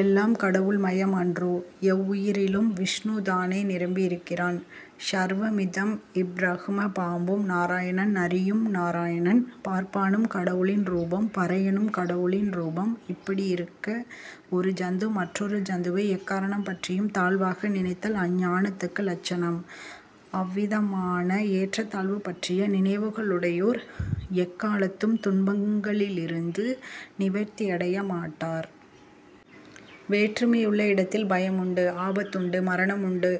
எல்லாம் கடவுள் மயம் அன்றோ? எவ்வுயிரிலும் விஷ்ணுதானே நிரம்பியிருக்கிறான்? ஸர்வமிதம் ப்ரஹ்ம, பாம்பும் நாராயணன், நரியும் நாராயணன். பார்ப்பானும் கடவுளின் ரூபம், பறையனும் கடவுளின் ரூபம், இப்படியிருக்க ஒரு ஜந்து மற்றொரு ஜந்துவை எக்காரணம் பற்றியும் தாழ்வாக நினைத்தல் அஞ்ஞானத்துக்கு லட்சணம். அவ்விதமான ஏற்றத் தாழ்வு பற்றிய நினைவுகளுடையோர் எக்காலத்தும் துன்பங்களிலிருந்து நிவர்த்தியடைய மாட்டார். வேற்றுமையுள்ள இடத்தில் பயமுண்டு, ஆபத்துண்டு, மரணமுண்டு.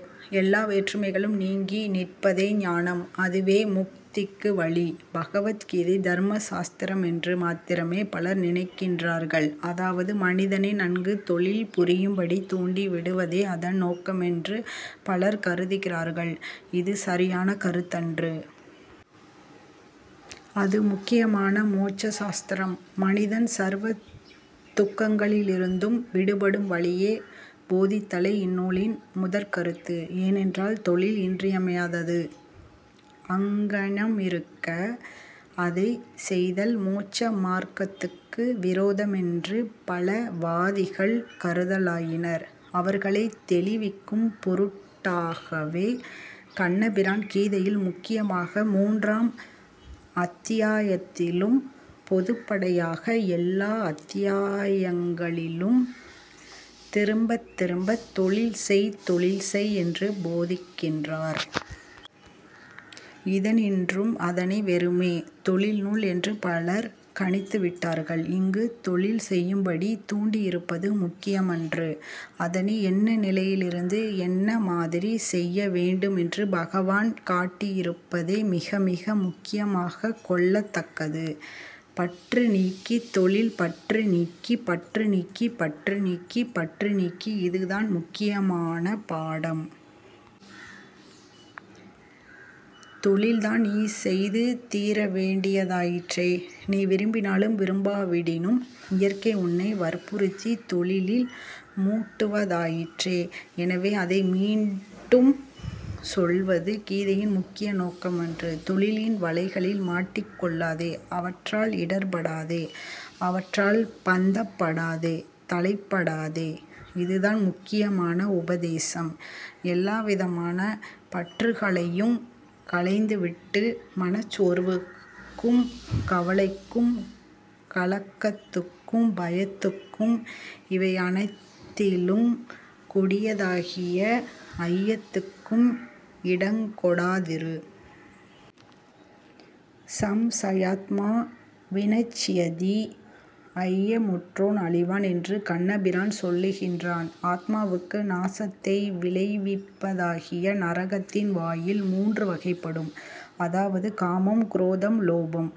எல்லா வேற்றுமைகளும் நீங்கி நிற்பதே ஞானம். அதுவே முக்திக்கு வழி. பகவத் கீதை தர்ம சாஸ்திரமென்று மாத்திரமே பலர் நினைக்கின்றார்கள். அதாவது, மனிதனை நன்கு தொழில் புரியும்படி தூண்டி விடுவதே அதன் நோக்கமென்று பலர் கருதுகிறார்கள். இது சரியான கருத்தன்று. அது முக்கியமான மோட்ச சாஸ்திரம். மனிதன் சர்வ துக்கங்களிலிருந்தும் விடுபடும் வழியைப் போதித்தலே இந்நூலின் முதற்கருத்து. ஏனென்றால், தொழில் இன்றியமையாதது. அங்ஙனமிருக்க, அதனைச் செய்தல் மோட்ச மார்க்கத்துக்கு விரோதமென்று பல வாதிகள் கருதலாயினர். அவர்களைத் தெளிவிக்கும் பொருட்டாகவே, கண்ணபிரான் கீதையில், முக்கியமாக மூன்றாம் அத்தியாயத்திலும், பொதுப்படையாக எல்லா அத்தியாயங்களிலும், திரும்பத் திரும்பத் தொழில் செய் தொழில் செய் என்று போதிக்கின்றார். இதனின்றும், அதனை வெறுமே, தொழில் நூல் என்று பலர் கணித்து விட்டார்கள். இங்குத் தொழில் செய்யும்படி தூண்டியிருப்பது முக்கியமன்று. அதனை என்ன நிலையிலிருந்து, என்ன மாதிரிச் செய்ய வேண்டுமென்று பகவான் காட்டியிருப்பதே மிக மிக முக்கியமாகக் கொள்ளத் தக்கது. பற்று நீக்கித் தொழில், பற்று நீக்கி, பற்று நீக்கி, பற்று நீக்கி, பற்று நீக்கி இது தான் முக்கியமான பாடம். தொழில்தான் நீ செய்து தீரவேண்டியதாயிற்றே? நீ விரும்பினாலும் விரும்பாவிடினும் இயற்கை உன்னை வற்புறுத்தித் தொழிலில் மூட்டுவதாயிற்றே? எனவே அதை மீட்டும் சொல்வது கீதையின் முக்கிய நோக்கமன்று. தொழிலின் வலைகளில் மாட்டிக் கொள்ளாதே. அவற்றால் இடர்ப்படாதே. அவற்றால் பந்தப் படாதே. தளைப்படாதே. இதுதான் முக்கியமான உபதேசம். எல்லாவிதமான பற்றுகளையுங் களைந்துவிட்டு, மனச் சோர்வுக்கும் கவலைக்கும் கலக்கத்துக்கும் பயத்துக்கும் இவையனைத்திலுங் கொடியதாகிய ஐயத்துக்கும் இடங்கொடாதிரு. சம்சயாத்மா விநச்யதி, ஐயமுற்றோன் அழிவான் என்று கண்ணபிரான் சொல்லுகின்றான். ஆத்மாவுக்கு நாசத்தை விளைவிப்பதாகிய நரகத்தின் வாயில் மூன்று வகைப்படும். அதாவது காமம், குரோதம், லோபம்.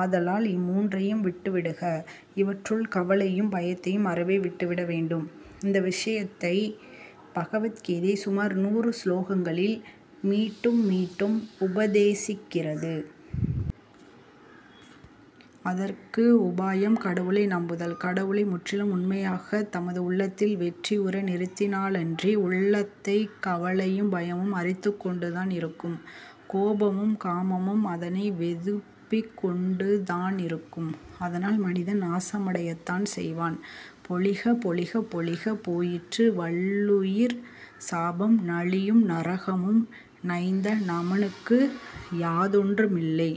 ஆதலால் இம்மூன்றையும் விட்டு விடுக. இவற்றுள் கவலையையும் பயத்தையும் அறவே விட்டுவிடவேண்டும். இந்த விஷயத்தை பகவத் கீதை சுமார் நூறு சுலோகங்களில் மீட்டும் மீட்டும் உபதேசிக்கிறது. அதற்கு உபாயம் கடவுளை நம்புதல். கடவுளை முற்றிலும் உண்மையாகத் தமது உள்ளத்தில் வெற்றியுற நிறுத்தினாலன்றி, உள்ளத்தைக் கவலையும் பயமும் அரித்துக்கொண்டுதான் இருக்கும். கோபமும் காமமும் அதனை வெதுப்பிக் கொண்டுதானிருக்கும். அதனால் மனிதன் நாசமடையத்தான் செய்வான். பொலிக, பொலிக, பொலிக, போயிற்று வல்லுயிர்ச் சாபம், நலியும் நரகமும் நைந்த நமனுக்கு யாதொன்றுமில்லை;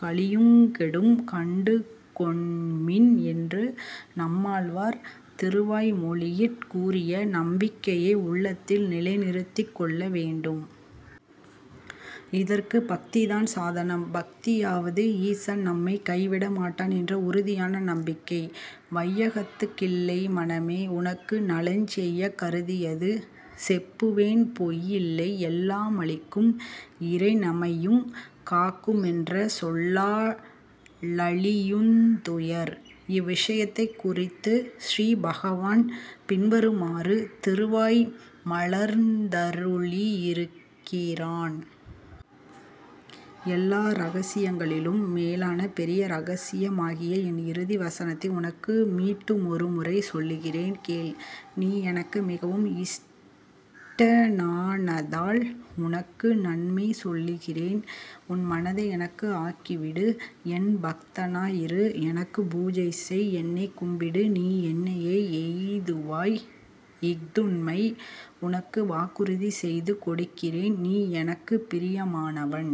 கலியுங்கெடும், கண்டு கொண்மின் என்று நம்மாழ்வார் திருவாய் மொழியிற் கூறிய நம்பிக்கையை உள்ளத்தில் நிலை நிறுத்திக் கொள்ள வேண்டும். இதற்குப் பக்திதான் சாதனம். பக்தியாவது, ஈசன் நம்மைக் கைவிட மாட்டான் என்ற உறுதியான நம்பிக்கை. வையகத்துக் கில்லை மனமே, உனக்கு நலஞ் செய்யக் கருதியது செப்புவேன் பொய்யில்லை, எல்லா மளிக்கும் இறைநமையுங் காக்குமென்ற சொல்லா லழியுந் துயர். இவ்விஷயத்தைக் குறித்து ஸ்ரீ பகவான் பின்வருமாறு திருவாய் மலர்ந்தருளி யிருக்கிறான். எல்லா ரகசியங்களிலும் மேலான பெரிய ரகசியமாகிய என் இறுதி வசனத்தை உனக்கு மீட்டுமொருமுறை சொல்லுகிறேன், கேள். நீ எனக்கு மிகவும் இஷ்டனானதால், உனக்கு நன்மை சொல்லுகிறேன். உன் மனத்தை எனக்கு ஆக்கிவிடு. என் பக்தனாயிரு. எனக்குப் பூஜை செய். என்னைக் கும்பிடு. நீ என்னையே எய்துவாய். இஃதுண்மை. உனக்குப் வாக்குறுதி செய்து கொடுக்கிறேன். நீ எனக்குப் பிரியமானவன்.